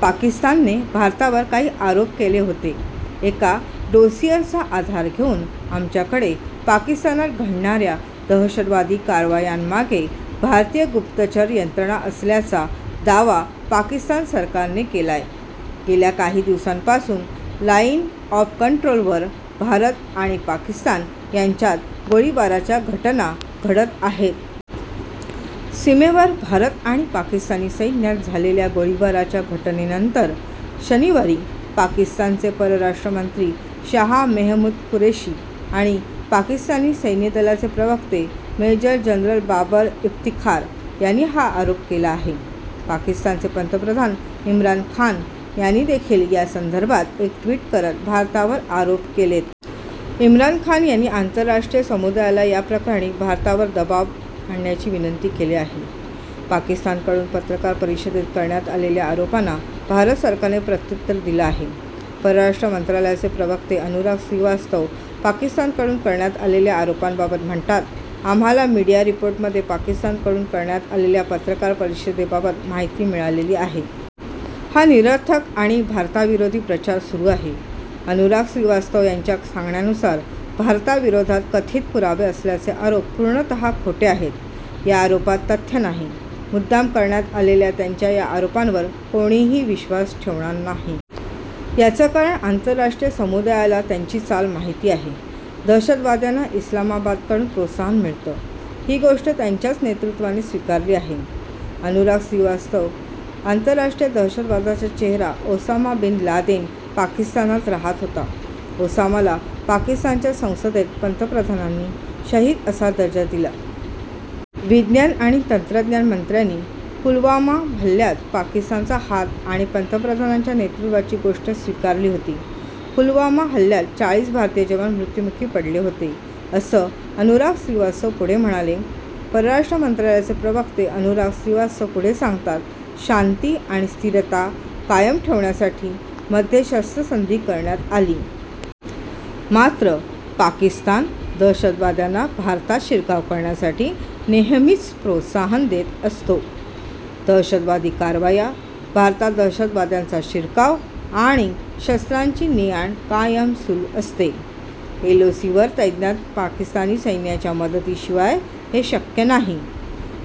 पाकिस्तानने भारतावर काही आरोप केले होते. एका 'डोसिअर'चा आधार घेऊन आमच्याकडे पाकिस्तानात घडणाऱ्या दहशतवादी कारवायांमागे भारतीय गुप्तचर यंत्रणा असल्याचा' दावा पाकिस्तान सरकारने केलाय. गेल्या काही दिवसांपासून 'लाइन ऑफ कंट्रोल' वर भारत आणि पाकिस्तान यांच्यात गोळीबाराच्या घटना घडत आहेत. सीमेवर भारत आणि पाकिस्तानी सैन्यात झालेल्या गोळीबाराच्या घटनेनंतर, शनिवारी पाकिस्तानचे परराष्ट्रमंत्री शहा मेहमूद कुरेशी आणि पाकिस्तानी सैन्यदलाचे प्रवक्ते मेजर जनरल बाबर इफ्तिखार यांनी हा आरोप केला आहे. पाकिस्तानचे पंतप्रधान इम्रान खान यांनी देखील या संदर्भात एक ट्विट करत भारतावर आरोप केलेत. इम्राम खान यांनी आंतरराष्ट्रीय समुदायाला या प्रकरणी भारतावर दबाव आणण्याची विनंती केली आहे. पाकिस्तानकडून पत्रकार परिषदेत करण्यात आलेल्या आरोपांना भारत सरकारने प्रत्युत्तर दिलं आहे. परराष्ट्र मंत्रालयाचे प्रवक्ते अनुराग श्रीवास्तव पाकिस्तानकडून करण्यात आलेल्या आरोपांबद्दल म्हणतात आम्हाला मीडिया रिपोर्टमध्ये पाकिस्तानकडून करण्यात आलेल्या पत्रकार परिषदेबाबत माहिती मिळाली आहे. हा निरर्थक आणि भारताविरोधी प्रचार सुरू आहे. अनुराग श्रीवास्तव यांच्या सांगण्यानुसार भारताविरोधात कथित पुरावे असल्याचे आरोप पूर्णत: खोटे आहेत. या आरोपात तथ्य नाही. मुद्दाम करण्यात आलेल्या त्यांच्या या आरोपांवर कोणीही विश्वास ठेवणार नाही. याचं कारण आंतरराष्ट्रीय समुदायाला त्यांची चाल माहिती आहे. दहशतवाद्यांना इस्लामाबादकडून प्रोत्साहन मिळतं, ही गोष्ट त्यांच्याच नेतृत्वाने स्वीकारली आहे. अनुराग श्रीवास्तव आतरराष्ट्रीय दहशतवादाचा चेहरा ओसामा बिन लादेन पाकिस्तानात रहात होता. ओसामाला पाकिस्तानच्या संसदेत पंतप्रधानांनी शहीद असा दर्जा दिला. विज्ञान आणि तंत्रज्ञान मंत्र्यांनी पुलवामा हल्ल्यात पाकिस्तानचा हात आणि पंतप्रधानांच्या नेतृत्वाची गोष्ट स्वीकारली होती. पुलवामा हल्ल्यात चाळीस भारतीय जवान मृत्यूमुखी पडले होते असं अनुराग श्रीवास्तव पुढे म्हणाले. परराष्ट्र मंत्रालयाचे प्रवक्ते अनुराग श्रीवास्तव पुढे सांगतात शांती आणि स्थिरता कायम ठेवण्यासाठी मध्ये शस्त्रसंधी करण्यात आली. मात्र, पाकिस्तान दहशतवाद्यांना भारतात शिरकाव करण्यासाठी नेहमीच प्रोत्साहन देत असतो. दहशतवादी कारवाया, भारतात दहशतवाद्यांचा शिरकाव आणि शस्त्रांची ने-आण कायम सुरू असते. 'एलओसी' वर तैनात पाकिस्तानी सैन्याच्या मदतीशिवाय हे शक्य नाही.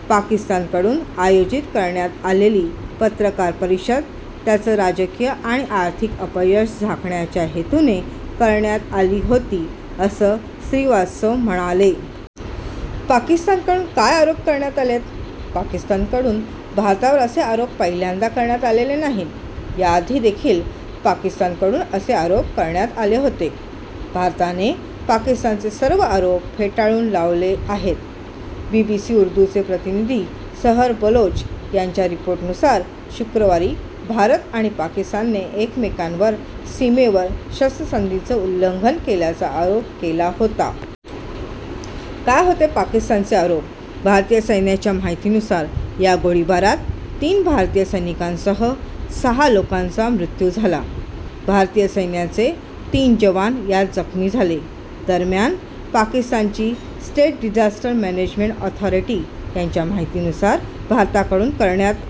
पाकिस्तानकडून आयोजित करण्यात आलेली पत्रकार परिषद त्यांचं राजकीय आणि आर्थिक अपयश झाकण्याच्या हेतूने करण्यात आली होती, असं श्रीवास्तव म्हणाले. पाकिस्तानकडून काय आरोप करण्यात आलेत? पाकिस्तानकडून भारतावर असे आरोप पहिल्यांदा करण्यात आलेले नाहीत. याआधी देखील पाकिस्तानकडून असे आरोप करण्यात आले होते. भारताने पाकिस्तानचे सर्व आरोप फेटाळून लावले आहेत. बीबीसी उर्दूचे प्रतिनिधी सहर बलोच यांच्या रिपोर्टनुसार, शुक्रवारी भारत आणि पाकिस्तानने एकमेकांवर सीमेवर शस्त्रसंधीच उल्लंघन केल्याचा आरोप केला होता. काय होते पाकिस्तानचे आरोप भारतीय सैन्याच्या माहितीनुसार, या गोळीबारात तीन भारतीय सैनिकांसह सहा लोकांचा मृत्यू झाला. भारतीय सैन्याचे तीन जवान यात जखमी झाले. दरम्यान पाकिस्तानची स्टेट डिजास्टर मॅनेजमेंट ऑथॉरीटी यांच्या माहितीनुसार भारताकडून करण्यात